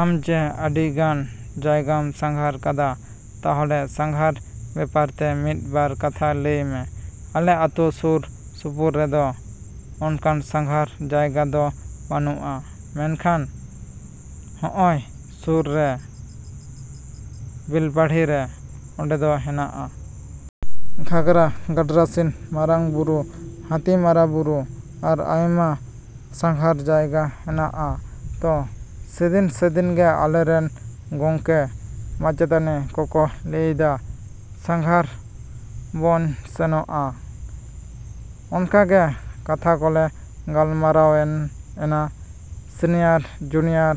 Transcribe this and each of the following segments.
‎ᱟᱢ ᱡᱮ ᱟᱹᱰᱤᱜᱟᱱ ᱡᱟᱭᱜᱟᱢ ᱥᱟᱸᱜᱷᱟᱨ ᱠᱟᱫᱟ, ᱛᱟᱦᱚᱞᱮ ᱥᱟᱸᱜᱷᱟᱨ ᱵᱮᱯᱟᱨ ᱛᱮ ᱢᱤᱫ ᱵᱟᱨ ᱠᱟᱛᱷᱟ ᱞᱟᱹᱭ ᱢᱮ᱾ ᱟᱞᱮ ᱟᱛᱳ ᱥᱩᱨ ᱥᱩᱯᱩᱨ ᱨᱮᱫᱚ ᱚᱱᱠᱟᱱ ᱥᱟᱸᱜᱷᱟᱨ ᱡᱟᱭᱜᱟ ᱫᱚ ᱵᱟᱹᱱᱩᱜᱼᱟ, ᱢᱮᱱᱠᱷᱟᱱ ᱦᱚᱜᱼᱚᱭ ᱥᱩᱨ ᱨᱮ ᱵᱮᱞᱯᱟᱦᱟᱲᱤ ᱨᱮ ᱚᱸᱰᱮ ᱫᱚ ᱦᱮᱱᱟᱜᱼᱟ᱾ ᱜᱷᱟᱜᱽᱨᱟ, ᱜᱟᱰᱨᱟᱥᱤᱱᱤ, ᱢᱟᱨᱟᱝᱼᱵᱩᱨᱩ, ᱦᱟᱹᱛᱤ ᱢᱟᱨᱟ ᱵᱩᱨᱩ, ᱟᱨᱚ ᱟᱭᱢᱟ ᱥᱟᱸᱜᱷᱟᱨ ᱡᱟᱭᱜᱟ ᱦᱮᱱᱟᱜᱼᱟ᱾ ᱛᱚ ᱥᱮᱫᱤᱱ ᱥᱮᱫᱤᱱ ᱜᱮ ᱟᱞᱮᱨᱮᱱ ᱜᱚᱢᱠᱮ ᱢᱟᱪᱮᱛᱟᱹᱱᱤ ᱠᱚᱠᱚ ᱞᱟᱹᱭᱫᱟ ᱥᱟᱸᱜᱷᱟᱨ ᱵᱚᱱ ᱥᱮᱱᱚᱜᱼᱟ᱾ ᱚᱱᱠᱟᱜᱮ ᱠᱟᱛᱷᱟ ᱠᱚᱞᱮ ᱜᱟᱞᱢᱟᱨᱟᱣ ᱮᱱᱟ᱾ ᱥᱤᱱᱤᱭᱟᱨ ᱡᱩᱱᱤᱭᱟᱨ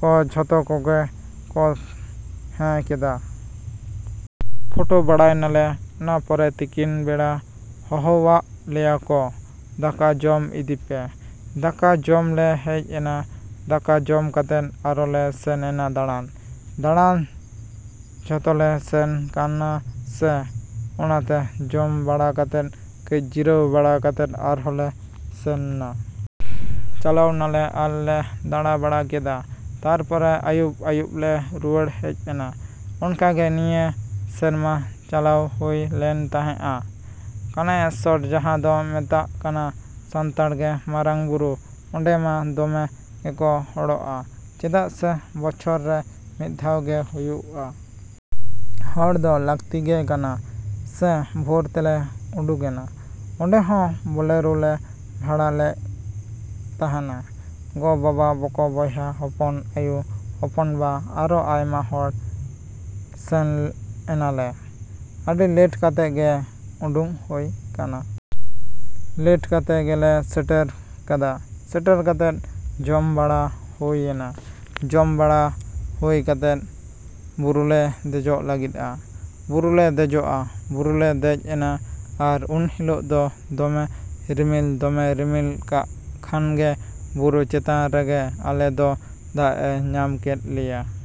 ᱠᱚ ᱡᱷᱚᱛᱚ ᱠᱚᱜᱮ ᱠᱚ ᱦᱮᱸ ᱠᱮᱫᱟ᱾ ᱯᱷᱳᱴᱳ ᱵᱟᱲᱟᱭ ᱱᱟᱞᱮ᱾ ᱚᱱᱟ ᱯᱚᱨᱮ ᱛᱤᱠᱤᱱ ᱵᱮᱲᱟ ᱦᱚᱦᱚᱣᱟᱜ ᱞᱮᱭᱟᱠᱚ, "ᱫᱟᱠᱟ ᱡᱚᱢ ᱤᱫᱤ ᱯᱮ᱾" ᱫᱟᱠᱟ ᱡᱚᱢᱞᱮ ᱦᱮᱡ ᱮᱱᱟ᱾ ᱫᱟᱠᱟ ᱡᱚᱢ ᱠᱟᱛᱮ ᱟᱨᱚ ᱞᱮ ᱥᱮᱱ ᱮᱱᱟ ᱫᱟᱬᱟᱱ᱾ ᱫᱟᱬᱟᱱ ᱡᱚᱛᱞᱮ ᱥᱮᱱ ᱠᱟᱱᱟ ᱥᱮ, ᱚᱱᱟᱛᱮ ᱡᱚᱢ ᱵᱟᱲᱟ ᱠᱟᱛᱮ ᱠᱟᱹᱡ ᱡᱤᱨᱟᱹᱣ ᱵᱟᱲᱟ ᱠᱟᱛᱮ ᱟᱨᱦᱚᱸ ᱞᱮ ᱥᱮᱱ ᱱᱟ᱾ ᱪᱟᱞᱟᱣ ᱱᱟᱞᱮ ᱟᱨᱚ ᱞᱮ ᱫᱟᱬᱟ ᱵᱟᱲᱟ ᱠᱮᱫᱟ᱾ ᱛᱟᱨᱯᱚᱨᱮ ᱟᱹᱭᱩᱵ ᱟᱹᱭᱩᱵᱞᱮ ᱨᱩᱣᱟᱹᱲ ᱦᱮᱡ ᱮᱱᱟ᱾ ᱚᱱᱠᱟᱜᱮ ᱱᱤᱭᱟᱹ ᱥᱮᱨᱢᱟ ᱪᱟᱞᱟᱣ ᱦᱩᱭ ᱞᱮᱱ ᱛᱟᱦᱮᱜᱼᱟ ᱠᱟᱱᱟᱭᱤᱥᱚᱨ ᱡᱟᱦᱟᱸ ᱫᱚ ᱢᱮᱛᱟᱜ ᱠᱟᱱᱟ ᱥᱟᱱᱛᱟᱲ ᱛᱮ ᱢᱟᱨᱟᱝᱼᱵᱩᱨᱩ, ᱚᱸᱰᱮ ᱢᱟ ᱫᱚᱢᱮ ᱜᱮᱠᱚ ᱦᱚᱲᱚᱜᱼᱟ ᱪᱮᱫᱟᱜ ᱥᱮ ᱵᱚᱪᱷᱚᱨ ᱨᱮ ᱢᱤᱫ ᱫᱷᱟᱣ ᱜᱮ ᱦᱩᱭᱩᱜᱼᱟ᱾ ᱦᱚᱲ ᱫᱚ ᱞᱟᱹᱠᱛᱤ ᱜᱮ ᱠᱟᱱᱟ ᱥᱮ ᱵᱷᱳᱨ ᱛᱮᱞᱮ ᱩᱰᱩᱠᱮᱱᱟ᱾ ᱚᱸᱰᱮ ᱦᱚᱸ ᱵᱳᱞᱮᱨᱳ ᱞᱮ ᱵᱷᱟᱲᱟ ᱞᱮᱜ ᱛᱟᱦᱮᱱᱟ᱾ ᱜᱚᱼᱵᱟᱵᱟ, ᱵᱚᱠᱚ ᱵᱚᱭᱦᱟ, ᱦᱚᱯᱚᱱ ᱟᱹᱭᱩ, ᱦᱚᱯᱚᱱᱵᱟ ᱟᱨᱚ ᱟᱭᱢᱟ ᱦᱚᱲ ᱥᱮᱱ ᱮᱱᱟᱞᱮ᱾ ᱟᱹᱰᱤ ᱞᱮᱴ ᱠᱟᱛᱮ ᱜᱮ ᱩᱰᱩᱝ ᱦᱩᱭ ᱠᱟᱱᱟ᱾ ᱞᱮᱴ ᱠᱟᱛᱮ ᱜᱮᱞᱮ ᱥᱮᱴᱮᱨ ᱠᱟᱫᱟ᱾ ᱥᱮᱴᱮᱨ ᱠᱟᱛᱮ ᱡᱚᱢ ᱵᱟᱲᱟ ᱦᱩᱭ ᱮᱱᱟ᱾ ᱡᱚᱢ ᱵᱟᱲᱟ ᱦᱩᱭ ᱠᱟᱛᱮ ᱵᱩᱨᱩᱞᱮ ᱫᱮᱡᱚᱜ ᱞᱟᱹᱜᱤᱫᱼᱟ᱾ ᱵᱩᱨᱩᱞᱮ ᱫᱮᱡᱚᱜᱼᱟ᱾ ᱵᱩᱨᱩᱞᱮ ᱫᱮᱡ ᱮᱱᱟ ᱟᱨ ᱩᱱ ᱦᱤᱞᱳᱜ ᱫᱚ ᱫᱚᱢᱮ ᱨᱤᱢᱤᱞ, ᱫᱚᱢᱮ ᱨᱤᱢᱤᱞ ᱠᱟᱜ ᱠᱷᱟᱱᱮ ᱵᱩᱨᱩ ᱪᱮᱛᱟᱱ ᱨᱮᱜᱮ ᱟᱞᱮ ᱫᱚ ᱫᱟᱜ ᱮ ᱧᱟᱢ ᱠᱮᱫ ᱞᱮᱭᱟ᱾